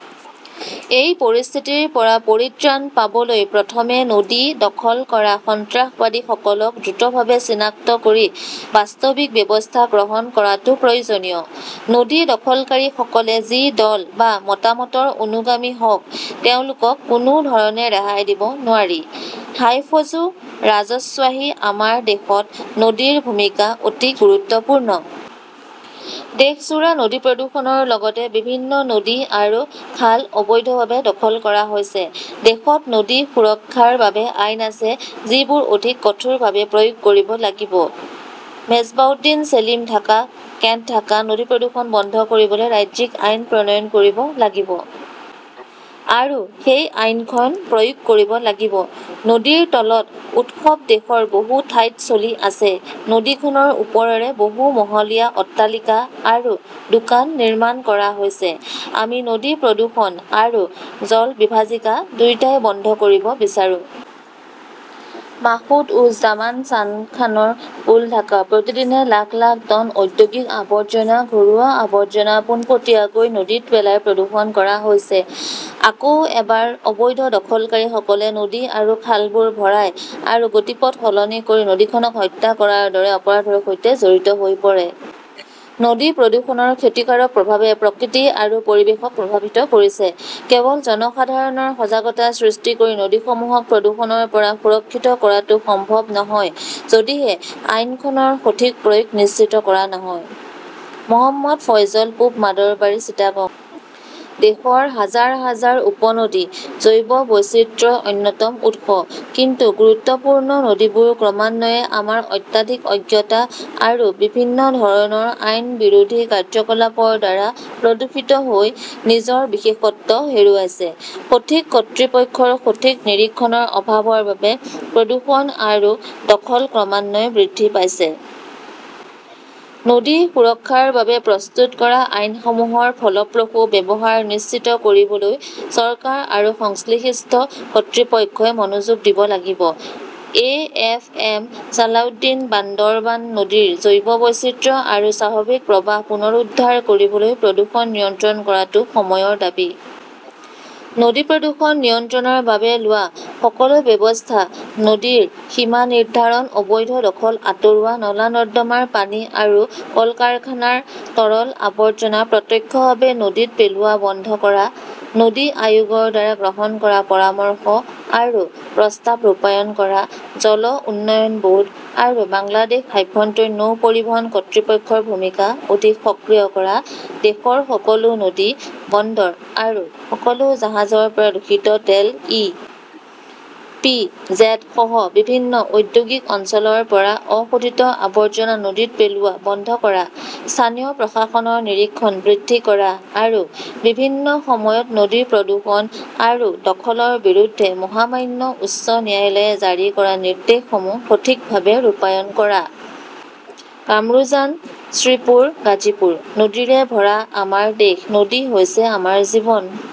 এই পৰিস্থিতিৰ পৰা পৰিত্ৰাণ পাবলৈ প্ৰথমে নদী দখল কৰা সন্ত্ৰাসবাদীসকলক দ্ৰুতভাৱে চিনাক্ত কৰি বাস্তৱিক ব্যৱস্থা গ্ৰহণ কৰাটো প্ৰয়োজনীয়। নদী দখলকাৰীসকল যি দল বা মতামতৰ অনুগামী হওক, তেওঁলোকক কোনো ধৰণে ৰেহাই দিব নোৱাৰি। হাইফজু ৰাজশ্বাহী আমাৰ দেশত নদীৰ ভূমিকা অতি গুৰুত্বপূৰ্ণ। দেশজোৰা নদী প্ৰদূষণৰ লগতে বিভিন্ন নদী আৰু খাল অবৈধভাৱে দখল কৰা হৈছে। দেশত নদী সুৰক্ষাৰ বাবে আইন আছে, যিবোৰ অধিক কঠোৰভাৱে প্ৰয়োগ কৰিব লাগিব। মেজবাহউদ্দিন ছেলিম ঢাকা কেণ্ট ঢাকা নদী প্ৰদূষণ বন্ধ কৰিবলৈ ৰাজ্যিক আইন প্ৰণয়ন কৰিব লাগিব। আৰু সেই আইনখন প্ৰয়োগ কৰিব লাগিব। নদীৰ তলৰ উৎসৱ দেশৰ বহু ঠাইত চলি আছে। নদীখনৰ ওপৰেৰে বহু মহলীয়া অট্টালিকা আৰু দোকান নিৰ্মাণ কৰা হৈছে। আমি নদী প্ৰদূষণ আৰু জলবিভাজিকা দুয়োটাই বন্ধ কৰিব বিচাৰো। মাসুদ উজ জামান চানখানৰ পুল ঢাকা। প্ৰতিদিনে লাখ লাখ টন ঔদ্যোগিক আৱৰ্জনা, ঘৰুৱা আৱৰ্জনা পোনপটীয়াকৈ নদীত পেলাই প্ৰদূষণ কৰা হৈছে। আকৌ এবাৰ অবৈধ দখলকাৰীসকলে নদী আৰু খালবোৰ ভৰাই আৰু গতিপথ সলনি কৰি নদীখন হত্যা কৰাৰ দৰে অপৰাধৰ সৈতে জড়িত হৈ পৰে। নদী প্ৰদূষণৰ ক্ষতিকাৰক প্ৰভাৱে প্ৰকৃতি আৰু পৰিৱেশক প্ৰভাৱিত কৰিছে। কেৱল জনসাধাৰণৰ সজাগতা সৃষ্টি কৰি নদীসমূহক প্ৰদূষণৰ পৰা সুৰক্ষিত কৰাটো সম্ভৱ নহয় যদিহে আইনখনৰ সঠিক প্ৰয়োগ নিশ্চিত কৰা নহয়। মহম্মদ ফয়জল পূব মাদৰবাৰী, চিটাগং। দেশৰ হাজাৰ হাজাৰ উপনদী জৈৱ বৈচিত্ৰ্যৰ অন্যতম উৎস, কিন্তু গুৰুত্বপূৰ্ণ নদীবোৰ ক্ৰমান্বয়ে আমাৰ অত্যাধিক অজ্ঞতা আৰু বিভিন্ন ধৰণৰ আইন বিৰোধী কাৰ্যকলাপৰ দ্বাৰা প্ৰদূষিত হৈ নিজৰ বিশেষত্ব হেৰুৱাইছে। সংশ্লিষ্ট কৰ্তৃপক্ষৰ সঠিক নিৰীক্ষণৰ অভাৱৰ বাবে প্ৰদূষণ আৰু দখল ক্ৰমান্বয়ে বৃদ্ধি পাইছে। নদী সুৰক্ষাৰ বাবে প্ৰস্তুত কৰা আইনসমূহৰ ফলপ্ৰসূ ব্যৱহাৰ নিশ্চিত কৰিবলৈ চৰকাৰ আৰু সংশ্লিষ্ট কৰ্তৃপক্ষই মনোযোগ দিব লাগিব। A. F. M. Salahuddin Bandarban নদীৰ জৈৱ বৈচিত্ৰ্য আৰু স্বাভাৱিক প্ৰৱাহ পুনৰুদ্ধাৰ কৰিবলৈ প্ৰদূষণ নিয়ন্ত্ৰণ কৰাটো সময়ৰ দাবী। নদী প্ৰদূষণ নিয়ন্ত্ৰণৰ বাবে লোৱা সকলো ব্যৱস্থা-নদীৰ সীমা নিৰ্ধাৰণ, অবৈধ দখল আঁতৰোৱা, নলা-নৰ্দমাৰ পানী আৰু কলকাৰকানাৰ তৰল আৱৰ্জনা প্ৰত্যক্ষভাৱে নদীত পেলোৱা বন্ধ কৰা, নদী আয়োগৰ দ্বাৰা গ্ৰহণ কৰা পৰামৰ্শ আৰু প্ৰস্তাৱ ৰূপায়ণ কৰা, জল উন্নয়ন ব'ৰ্ড আৰু বাংলাদেশ আভ্যন্তৰীণ নৌ পৰিবহণ কৰ্তৃপক্ষৰ ভূমিকা অধিক সক্ৰিয় কৰা, দেশৰ সকলো নদী বন্দৰ আৰু সকলো জাহাজৰ পৰা দূষিত তেল, ই. পি. জেড. সহ বিভিন্ন ঔদ্যোগিক অঞ্চলৰ পৰা অশোধিত আৱৰ্জনা নদীত পেলোৱা বন্ধ কৰা, স্থানীয় প্ৰশাসনৰ নিৰীক্ষণ বৃদ্ধি কৰা আৰু বিভিন্ন সময়ত নদী প্ৰদূষণ আৰু দখলৰ বিৰুদ্ধে মহামান্য উচ্চ ন্যায়ালয়ে জাৰি কৰা নিৰ্দেশসমূহ সঠিকভাৱে ৰূপায়ণ কৰা। কামৰুজান শ্ৰীপুৰ, গাজীপুৰ। নদীৰে ভৰা আমাৰ দেশ। নদী হৈছে আমাৰ জীৱন।